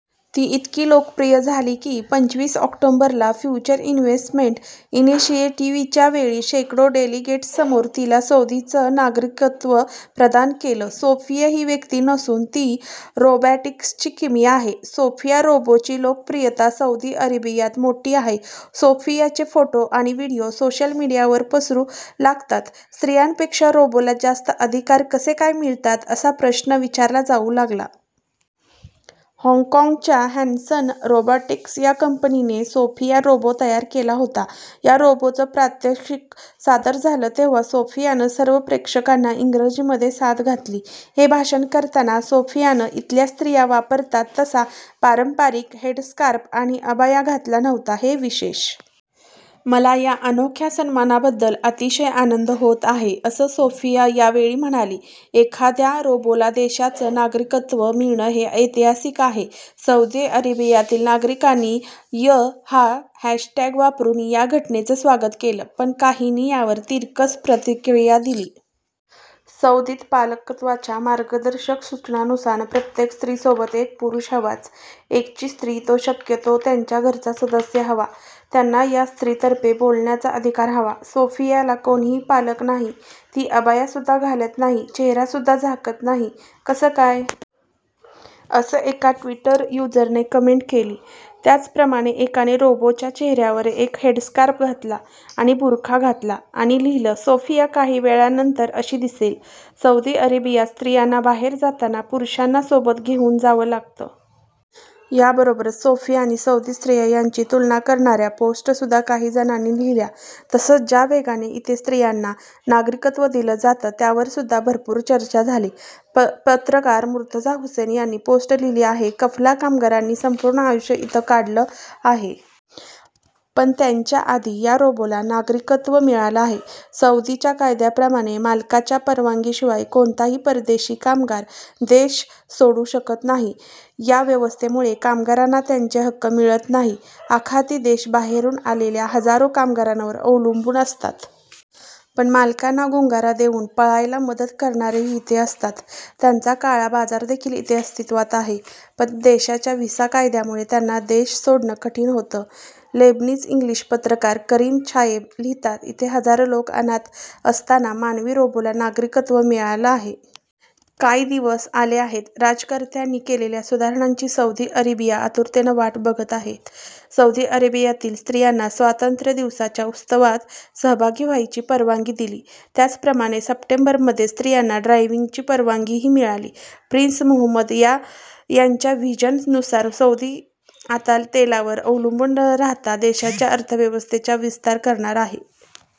ती इतकी लोकप्रिय झाली की, पंचवीस ऑक्टोबरला फ्युचर इन्व्हेसमेंट इनिशिएटिव्हच्यावेळी शेकडो डेलिगेट्ससमोर तिला सौदीचं नागरिकत्व प्रदान केलं सोफिया ही व्यक्ती नसून ती रोबॉटिक्सची किमया आहे. सोफिया रोबोची लोकप्रियता सौदी अरेबियात मोठी आहे. सोफियाचे फोटो आणि व्हीडिओ सोशल मीडियावर पसरू लागताच स्त्रियांपेक्षा रोबोला जास्त अधिकार कसे काय मिळतात असा प्रश्न विचारला जाऊ लागला. हाँगकाँगच्या हॅनसन रोबॉटिक्स या कंपनीने सोफिया रोबो तयार केला होता. या रोबोचं प्रात्यक्षिक सादर झालं तेव्हा सोफियानं सर्व प्रेक्षकांना इंग्रजीमध्ये साद घातली. हे भाषण करताना सोफियानं इथल्या स्त्रिया वापरतात तसा पारंपरिक हेडस्कार्फ आणि अबाया घातला नव्हता हे विशेष. मला या अनोख्या सन्मानाबद्दल अतिशय आनंद होतो आहे. असं सोफिया या वेळी म्हणाली. एखाद्या रोबोला देशाचं नागरिकत्व मिळणं हे ऐतिहासिक आहे. सौदी अरेबियातील नागरिकांनी य हा हॅशटॅग वापरून या घटनेचं स्वागत केलं. पण काहींनी यावर तिरकस प्रतिक्रिया दिली. सौदीत पालकत्वाच्या मार्गदर्शक सूचनांनुसार प्रत्येक स्त्रीसोबत एक पुरुष हवाच. एकची स्त्री तो शक्यतो त्यांच्या घरचा सदस्य हवा. त्यांना या स्त्रीतर्फे बोलण्याचा अधिकार हवा. सोफियाला कोणीही पालक नाही, ती अबायासुद्धा घालत नाही चेहरासुद्धा झाकत नाही, कसं काय? असं एका ट्विटर युजरने कमेंट केली. त्याचप्रमाणे एकाने रोबोच्या चेहऱ्यावर एक हेडस्कार्फ घातला आणि बुरखा घातला आणि लिहिलं सोफिया काही वेळानंतर अशी दिसेल. सौदी अरेबियात स्त्रियांना बाहेर जाताना पुरुषांना सोबत घेऊन जावं लागतं. याबरोबरच सोफिया आणि सौदी स्त्रिया यांची तुलना करणाऱ्या पोस्टसुद्धा काही जणांनी लिहिल्या. तसंच ज्या वेगाने इथे स्त्रियांना नागरिकत्व दिलं जातं त्यावरसुद्धा भरपूर चर्चा झाली. पत्रकार मुर्तझा हुसैन यांनी पोस्ट लिहिली आहे कफला कामगारांनी संपूर्ण आयुष्य इथे काढलं आहे. पण त्यांच्याआधी या रोबोला नागरिकत्व मिळालं आहे. सौदीच्या कायद्याप्रमाणे मालकाच्या परवानगीशिवाय कोणताही परदेशी कामगार देश सोडू शकत नाही. या व्यवस्थेमुळे कामगारांना त्यांचे हक्क मिळत नाही. आखाती देश बाहेरून आलेल्या हजारो कामगारांवर अवलंबून असतात. पण मालकांना गुंगारा देऊन पळायला मदत करणारेही इथे असतात. त्यांचा काळा बाजारदेखील इथे अस्तित्वात आहे. पण देशाच्या व्हिसा कायद्यामुळे त्यांना देश सोडणं कठीण होतं. लेबनीज-इंग्लिश पत्रकार करीम छायेब लिहितात इथे हजारो लोक अनाथ असताना मानवी रोबोला नागरिकत्व मिळालं आहे. काय दिवस आले आहेत राज्यकर्त्यांनी केलेल्या सुधारणांची सौदी अरेबिया आतुरतेनं वाटत बघत आहेत. सौदी अरेबियातील स्त्रियांना स्वातंत्र्य दिवसाच्या उत्सवात सहभागी व्हायची परवानगी दिली. त्याचप्रमाणे सप्टेंबरमध्ये स्त्रियांना ड्रायव्हिंगची परवानगीही मिळाली. प्रिन्स मोहम्मद यांच्या व्हिजन नुसार सौदी आता तेलावर अवलंबून न राहता देशाच्या अर्थव्यवस्थेच्या विस्तार करणार आहे.